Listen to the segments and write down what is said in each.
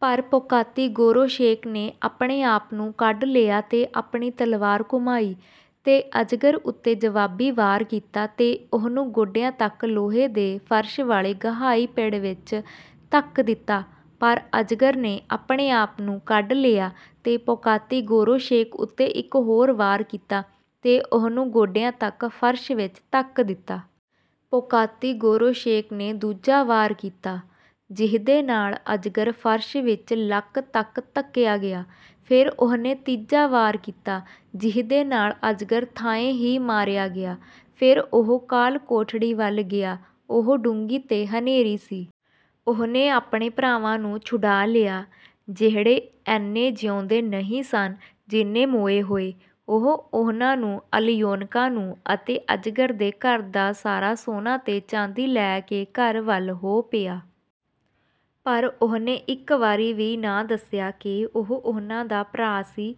ਪਰ ਪੋਕਾਤੀ-ਗੋਰੋਸ਼ੇਕ ਨੇ ਆਪਣੇ ਆਪ ਨੂੰ ਕੱਢ ਲਿਆ ਤੇ ਆਪਣੀ ਤਲਵਾਰ ਘੁਮਾਈ ਤੇ ਅਜਗਰ ਉੱਤੇ ਜਵਾਬੀ ਵਾਰ ਕੀਤਾ ਤੇ ਉਹਨੂੰ ਗੋਡਿਆਂ ਤੱਕ ਲੋਹੇ ਦੇ ਫ਼ਰਸ਼ ਵਾਲੇ ਗਹਾਈ-ਪਿੜ ਵਿੱਚ ਧੱਕ ਦਿੱਤਾ। ਪਰ ਅਜਗਰ ਨੇ ਆਪਣੇ ਆਪ ਨੂੰ ਕੱਢ ਲਿਆ ਤੇ ਪੋਕਾਤੀ-ਗੋਰੋਸ਼ੇਕ ਉੱਤੇ ਇੱਕ ਹੋਰ ਵਾਰ ਕੀਤਾ ਤੇ ਉਹਨੂੰ ਗੋਡਿਆਂ ਤੱਕ ਫ਼ਰਸ਼ ਵਿੱਚ ਧੱਕ ਦਿੱਤਾ। ਪੋਕਾਤੀ-ਗੋਰੋਸ਼ੇਕ ਨੇ ਦੂਜਾ ਵਾਰ ਕੀਤਾ, ਜਿਹਦੇ ਨਾਲ ਅਜਗਰ ਫ਼ਰਸ਼ ਵਿੱਚ ਲੱਕ ਤੱਕ ਧੱਕਿਆ ਗਿਆ। ਫਿਰ ਉਹਨੇ ਤੀਜਾ ਵਾਰ ਕੀਤਾ, ਜਿਹਦੇ ਨਾਲ ਅਜਗਰ ਥਾਂਏਂ ਹੀ ਮਾਰਿਆ ਗਿਆ। ਫਿਰ ਉਹ ਕਾਲ-ਕੋਠੜੀ ਵੱਲ ਗਿਆ। ਉਹ ਡੂੰਘੀ ਤੇ ਹਨੇਰੀ ਸੀ। ਉਹਨੇ ਆਪਣੇ ਭਰਾਵਾਂ ਨੂੰ ਛੁਡਾ ਲਿਆ, ਜਿਹੜੇ ਐਨੇ ਜਿਉਂਦੇ ਨਹੀਂ ਸਨ, ਜਿੰਨੇ ਮੋਏ ਹੋਏ। ਉਹ ਉਹਨਾਂ ਨੂੰ, ਅਲਯੋਨਕਾ ਨੂੰ ਅਤੇ ਅਜਗਰ ਦੇ ਘਰ ਦਾ ਸਾਰਾ ਸੋਨਾ ਤੇ ਚਾਂਦੀ ਲੈ ਕੇ ਘਰ ਵੱਲ ਹੋ ਪਿਆ। ਪਰ ਉਹਨੇ ਇੱਕ ਵਾਰੀ ਵੀ ਨਾ ਦੱਸਿਆ ਕਿ ਉਹ ਉਹਨਾਂ ਦਾ ਭਰਾ ਸੀ।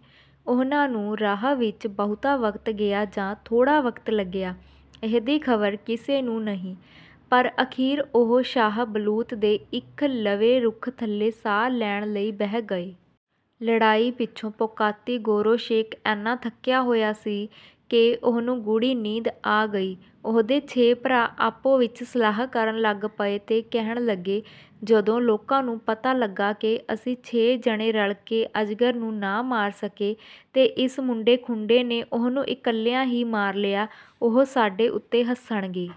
ਉਹਨਾਂ ਨੂੰ ਰਾਹ ਵਿੱਚ ਬਹੁਤਾ ਵਕਤ ਗਿਆ ਜਾਂ ਥੋੜ੍ਹਾ ਵਕਤ ਲੱਗਿਆ, ਇਹਦੀ ਖ਼ਬਰ ਕਿਸੇ ਨੂੰ ਨਹੀਂ। ਪਰ ਅਖ਼ੀਰ ਉਹ ਸ਼ਾਹ ਬਲੂਤ ਦੇ ਇੱਕ ਲਵੇਂ ਰੁੱਖ ਥੱਲੇ ਸਾਹ ਲੈਣ ਲਈ ਬਹਿ ਗਏ। ਲੜਾਈ ਪਿੱਛੋਂ ਪੋਕਾਤੀ-ਗੋਰੋਸ਼ੇਕ ਐਨਾ ਥੱਕਿਆ ਹੋਇਆ ਸੀ ਕਿ ਉਹਨੂੰ ਗੂੜ੍ਹੀ ਨੀਂਦ ਆ ਗਈ। ਉਹਦੇ ਛੇ ਭਰਾ ਆਪੋ ਵਿੱਚ ਸਲਾਹ ਕਰਨ ਲੱਗ ਪਏ ਤੇ ਕਹਿਣ ਲੱਗੇ, “ਜਦੋਂ ਲੋਕਾਂ ਨੂੰ ਪਤਾ ਲੱਗਾ ਕਿ ਅਸੀਂ ਛੇ ਜਣੇ ਰਲ ਕੇ ਅਜਗਰ ਨੂੰ ਨਾ ਮਾਰ ਸਕੇ ਤੇ ਇਸ ਮੁੰਡੇ-ਖੁੰਡੇ ਨੇ ਉਹਨੂੰ ਇਕੱਲਿਆਂ ਹੀ ਮਾਰ ਲਿਆ, ਉਹ ਸਾਡੇ ਉੱਤੇ ਹੱਸਣਗੇ।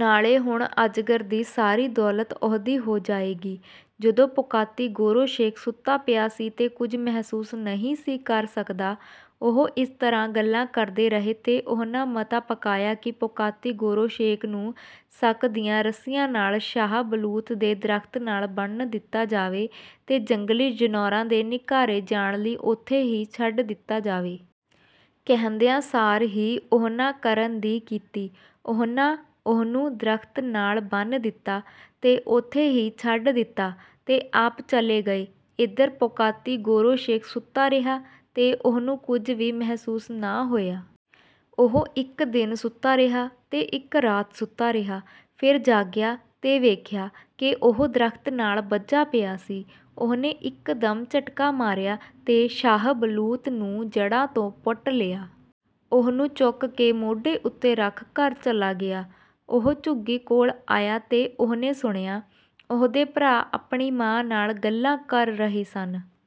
ਨਾਲੇ ਹੁਣ ਅਜਗਰ ਦੀ ਸਾਰੀ ਦੌਲਤ ਉਹਦੀ ਹੋ ਜਾਏਗੀ।” ਜਦੋਂ ਪੋਕਾਤੀ-ਗੋਰੋਸ਼ੇਕ ਸੁੱਤਾ ਪਿਆ ਸੀ ਤੇ ਕੁਝ ਮਹਿਸੂਸ ਨਹੀਂ ਸੀ ਕਰ ਸਕਦਾ, ਉਹ ਇਸ ਤਰ੍ਹਾਂ ਗੱਲਾਂ ਕਰਦੇ ਰਹੇ ਤੇ ਉਹਨਾਂ ਮਤਾ ਪਕਾਇਆ ਕਿ ਪੋਕਾਤੀ-ਗੋਰੋਸ਼ੇਕ ਨੂੰ ਸਕ ਦੀਆਂ ਰੱਸੀਆਂ ਨਾਲ ਸ਼ਾਹ ਬਲੂਤ ਦੇ ਦਰਖ਼ਤ ਨਾਲ ਬੰਨ੍ਹ ਦਿੱਤਾ ਜਾਵੇ ਤੇ ਜੰਗਲੀ ਜਨੌਰਾਂ ਦੇ ਨਿਘਾਰੇ ਜਾਣ ਲਈ ਓਥੇ ਹੀ ਛੱਡ ਦਿੱਤਾ ਜਾਵੇ। ਕਹਿੰਦਿਆਂ ਸਾਰ ਹੀ ਉਹਨਾਂ ਕਰਨ ਦੀ ਕੀਤੀ। ਉਹਨਾਂ ਉਹਨੂੰ ਦਰਖ਼ਤ ਨਾਲ ਬੰਨ੍ਹ ਦਿੱਤਾ ਤੇ ਓਥੇ ਹੀ ਛੱਡ ਦਿੱਤਾ ਤੇ ਆਪ ਚਲੇ ਗਏ। ਏਧਰ ਪੋਕਾਤੀ-ਗੋਰੋਸ਼ੇਕ ਸੁੱਤਾ ਰਿਹਾ ਤੇ ਉਹਨੂੰ ਕੁਝ ਵੀ ਮਹਿਸੂਸ ਨਾ ਹੋਇਆ। ਉਹ ਇੱਕ ਦਿਨ ਸੁੱਤਾ ਰਿਹਾ ਤੇ ਇੱਕ ਰਾਤ ਸੁੱਤਾ ਰਿਹਾ। ਫਿਰ ਜਾਗਿਆ ਤੇ ਵੇਖਿਆ ਕਿ ਉਹ ਦਰਖ਼ਤ ਨਾਲ ਬੱਝਾ ਪਿਆ ਸੀ। ਉਹਨੇ ਇੱਕਦਮ ਝਟਕਾ ਮਾਰਿਆ ਤੇ ਸ਼ਾਹ ਬਲੂਤ ਨੂੰ ਜੜ੍ਹਾਂ ਤੋਂ ਪੁੱਟ ਲਿਆ। ਉਹਨੂੰ ਚੁੱਕ ਕੇ ਮੋਢੇ ਉੱਤੇ ਰੱਖ ਘਰ ਚਲਾ ਗਿਆ। ਉਹ ਝੁੱਗੀ ਕੋਲ ਆਇਆ ਤੇ ਉਹਨੇ ਸੁਣਿਆ, ਉਹਦੇ ਭਰਾ ਆਪਣੀ ਮਾਂ ਨਾਲ ਗੱਲਾਂ ਕਰ ਰਹੇ ਸਨ।